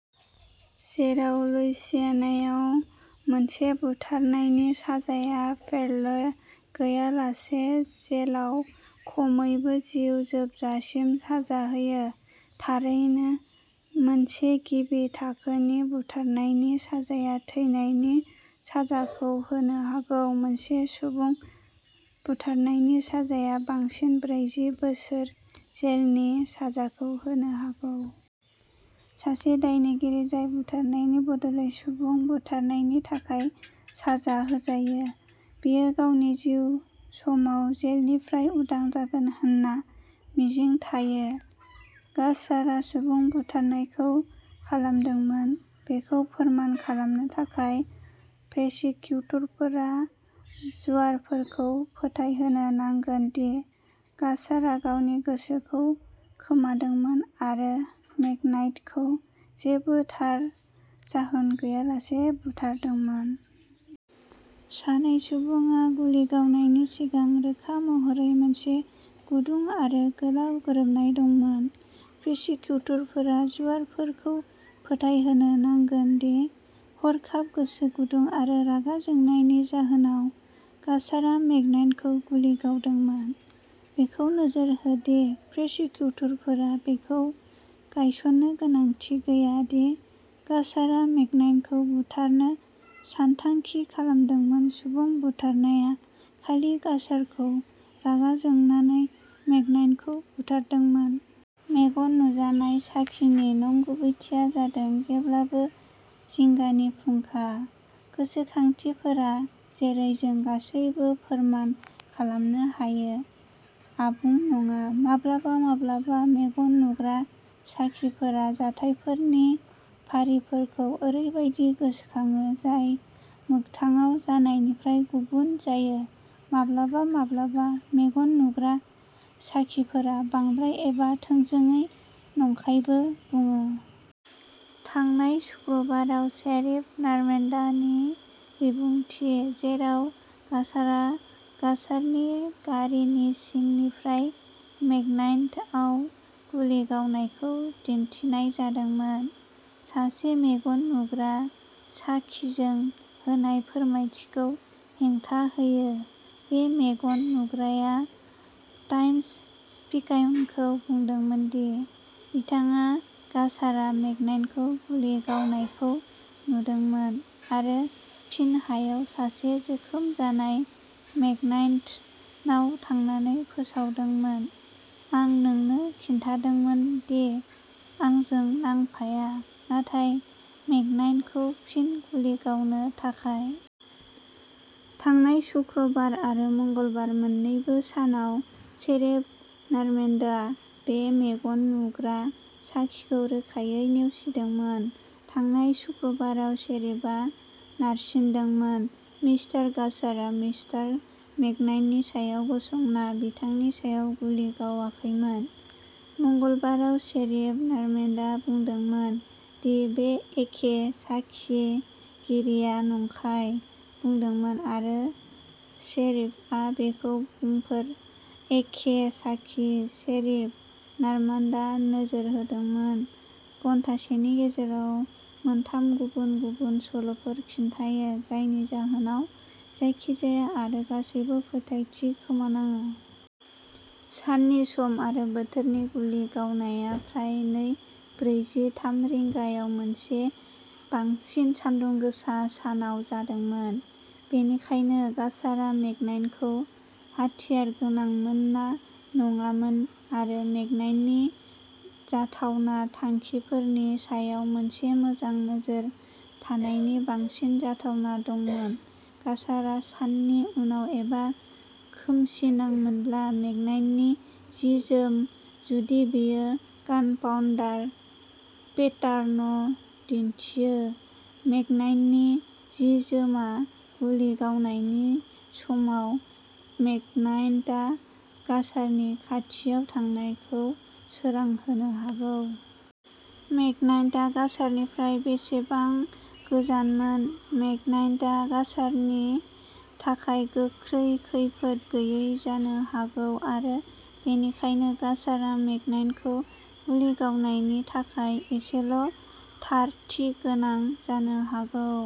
जेराव लुइसियानायाव मोनसे बुथारनायनि साजाया पेर'ल गैयालासे जेलाव खमैबो जिउ जोबजासिम साजा होयो थारैनो, मोनसे गिबि थाखोनि बुथारनायनि साजाया थैनायनि साजाखौ होनो हागौ मोनसे सुबुं बुथारनायनि साजाया बांसिन ब्रैजि बोसोर जेलनि साजाखौ होनो हागौ। सासे दायनिगिरि जाय बुथारनायनि बदलै सुबुं बुथारनायनि थाखाय साजा होजायो, बियो गावनि जिउ समाव जेलनिफ्राय उदां जागोन होनना मिजिं थायो। गास्सारा सुबुं बुथारनायखौ खालामदोंमोन बेखौ फोरमान खालामनो थाखाय, प्रेसिकिउटरफोरा जुआरफोरखौ फोथायहोनो नांगोन दि गास्सारा गावनि गोसोखौ खोमादोंमोन आरो मेकनाइटखौ जेबो थार जाहोन गैयालासे बुथारदोंमोन। सानै सुबुङा गुलि गावनायनि सिगां रोखा महरै मोनसे गुदुं आरो गोलाव गोरोबनाय दंमोन। प्रिसिकिउटरफोरा जुआरफोरखौ फोथायहोनो नांगोन दि, हरखाब गोसो गुदुं आरो रागा जोंनायनि जाहोनाव, गास्सारा मेकनाइटखौ गुलि गावदोंमोन। बेखौ नोजोर हो दि प्रसिकिउटरफोरा बेखौ गायसननो गोनांथि गैया दि गास्सारा मेकनाइटखौ बुथारनो सानथांखि खालामदोंमोन सुबुं बुथारनाया खालि गास्सारखौ रागा जोंनानै मेकनाइटखौ बुथारदोंमोन। मेगन नुजानाय साखिनि नंगुबैथिया जादों जेब्लाबो जिंगानि फुंखा। गोसोखांथिफोरा, जेरै जों गासैबो फोरमान खालामनो हायो, आबुं नङा। माब्लाबा माब्लाबा मेगन नुग्रा साखिफोरा जाथायफोरनि फारिफोरखौ ओरैबायदि गोसोखाङो जाय मोगथाङाव जानायनिफ्राय गुबुन जायो। माब्लाबा माब्लाबा मेगन नुग्रा साखिफोरा बांद्राय एबा थोंजोङै नंखायबो बुङो। थांनाय सुक्रुबाराव शेरिफ नर्मेन्डनि बिबुंथि, जेराव गास्सारा गास्सारनि गारिनि सिंनिफ्राय मेकनाइटआव गुलि गावनायखौ दिन्थिनाय जादोंमोन, सासे मेगन नुग्रा साखिजों होनाय फोरमायथिखौ हेंथा होयो। बे मेगन नुग्राया टाइम्स पिकायुनखौ बुंदोंमोन दि बिथाङा गास्सारा मेकनाइटखौ गुलि गावनायखौ नुदोंमोन आरो फिन हायाव सासे जोखोम जानाय मेकनाइटनाव थांनानै फोसावदोंमोन, "आं नोंनो खिन्थादोंमोन दि आंजों नांफाया", नाथाय मेकनाइटखौ फिन गुलि गावनो थाखाय। थांनाय सुक्रुबार आरो मंगलबार मोन्नैबो सानाव, शेरिफ नर्मेन्डआ बे मेगन नुग्रा साखिखौ रोखायै नेवसिदोंमोन। थांनाय सुक्रुबाराव शेरिफआ नारसिनदोंमोन, "मिस्टार गास्सारा मिस्टार मेकनाइटनि सायाव गसंना बिथांनि सायाव गुलि गावाखैमोन।" मंगलबाराव, शेरिफ नर्मेन्डआ बुंदोंमोन दि बे एखे साखिगिरिया "नंखाय" बुंदोंमोन आरो शेरिफआ बेखौ बुंफोर एखे साखी, शेरिफ नर्मान्डआ नोजोर होदोंमोन, "घन्टासेनि गेजेराव मोनथाम गुबुन गुबुन सल'फोर खिन्थायो", जायनि जाहोनाव जायखिजाया आरो गासैबो फोथायथि खोमानाङो। साननि सम आरो बोथोर गुलि गावनाया प्राय नै ब्रैजि थाम रिंगायाव मोनसे बांसिन सान्दुं गोसा सानाव जादोंमोन। बेनिखायनो, गास्सारा मेकनाइटखौ हाथियारगोनांमोन ना नङामोन, आरो मेकनाइटनि जाथावना थांखिफोरनि सायाव मोनसे मोजां नोजोर थानायनि बांसिन जाथावना दंमोन, गास्सारा साननि उनाव एबा खोमसिनांमोनब्ला मेकनाइटनि जि जोम जुदि बेयो गानपाउडार पेटार्न दिन्थियो, मेकनाइटनि जि जोमआ गुलि गावनायनि समाव मेकनाइटा गास्सारनि खाथियाव थानायखौ सोरां होनो हागौ। मेकनाइटआ गास्सारनिफ्राय बेसेबां गोजानमोन, मेकनाइटा गास्सारनि थाखाय गोख्रै खैफोद गैयै जानो हागौ आरो बेनिखायनो गास्सारा मेकनाइटखौ गुलि गावनायनि थाखाय एसेल' थारथि गोनां जानो हागौ।